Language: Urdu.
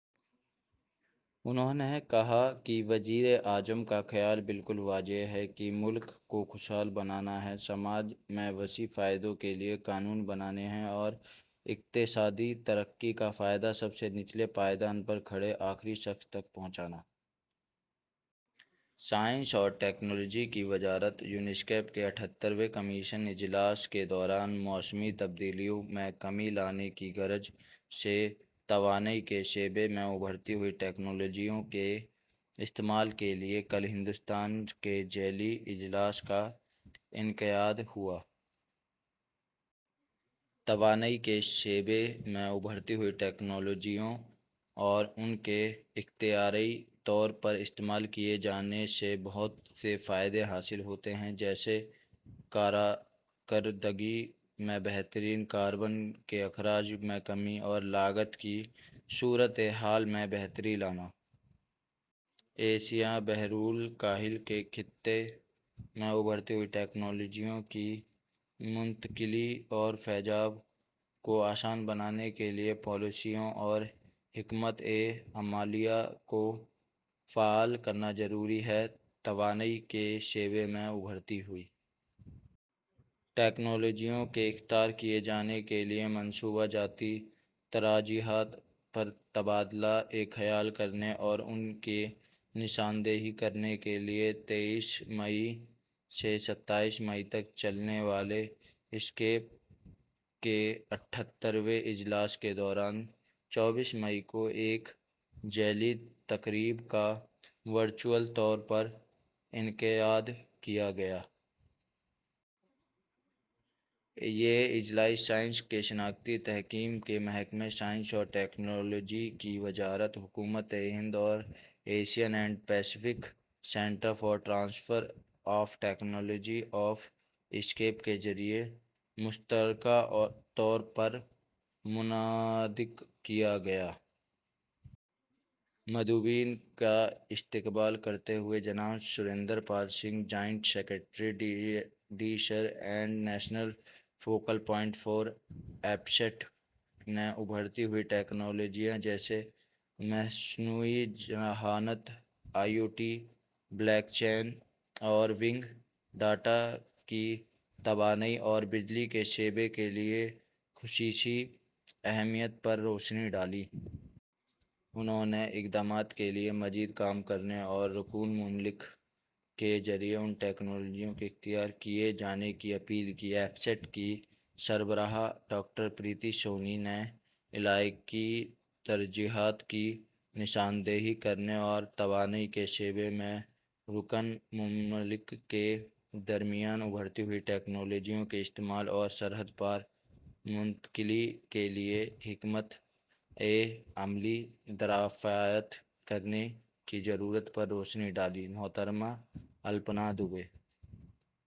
انھوں نے کہا کہ وزیراعظم کا خیال بالکل واضح ہے کہ ملک کو خوشحال بنانا ہے، سماج کے وسیع فائدوں کے لئے قانون بنانے ہیں اور اقتصادی ترقی کا فائدہ سب سے نچلے پائیدان پر کھڑے آخری شخص تک پہنچانا۔ سائنس اور ٹیکنالوجی کی وزارت U N E S C A P کے اٹھہتر ویں کمیشن اجلاس کے دوران موسمی تبدیلیوں میں کمی لانے کی غرض سے توانائی کے شعبے میں ابھرتی ہوئی ٹکنالوجیوں کے استعمال کے لئے کل ہندوستان کے ذیلی اجلاس کا انعقاد ہوا۔ توانائی کے شعبے میں ابھرتی ہوئی ٹکنالوجیاں اور ان کے اختراعی طور پر استعمال کئے جانے سے بہت سے فائدے حاصل ہوتے ہیں، جیسے کارکردگی میں بہتری، کاربن کے اخراج میں کمی اور لاگت کی صورتحال میں بہتری لانا۔ ایشیا – بحرالکاہل کے خطے میں ابھرتی ہوئی ٹکنالوجیوں کی منتقلی اور پھیلاؤ کو آسان بنانے کے لئے پالیسیوں اور حکمت عملیوں کو فعال کرنا ضروری ہے۔ توانائی کے شعبے میں ابھرتی ہوئی ٹکنالوجیوں کے اختیار کئے جانے کے لئے منصوبہ جاتی ترجیحات پر تبادلہ خیال کرنے اور ان کی نشاندہی کرنے کے لئے، تئیس مئی سے ستائیس مئی تک چلنے والے ای ایس سی اے پی کے اٹھہتر ویں اجلاس کے دوران چوبیس مئی کو ایک ذیلی تقریب کا ورچوئل طور پر انعقاد کیا گیا۔ یہ اجلاس سائنسی اور صنعتی تحقیق کے محکمے، سائنس اور ٹکنالوجی کی وزارت، حکومت ہند اور Asian and Pacific centre for transfer of technology of E S C A P کے ذریعہ مشترکہ طور پر منعقد کیا گیا۔ مندوبین کا استقبال کرتے ہوئے جناب Surinder Pal Singh, joint secretary D S I R and national focal point for A P C T T نے ابھرتی ہوئی ٹکنالوجیوں جیسے مصنوعی ذہانت، I O T, block chain اور بگ ڈاٹا کی توانائی اور بجلی کے شعبے کے لئے خصوصی اہمیت پر روشنی ڈالی۔ انہوں نے اقدامات کے لئے مزید کام کرنے اور رکن ممالک کے ذریعہ ان ٹکنالوجیوں کو اختیار کئے جانے کی اپیل کی۔ A P C T T کی سربراہ، ڈاکٹر پریتی سونی نے علاقائی ترجیحات کی نشاندہی کرنے اور توانائی کے شعبے میں رکن ممالک کے درمیان ابھرتی ہوئی ٹکنالوجیوں کے استعمال اور سرحد پار منتقلی کے لئے حکمت عملی دریافت کرنے کی ضرورت پر روشنی ڈالی۔ محترمہ الپنا دوبے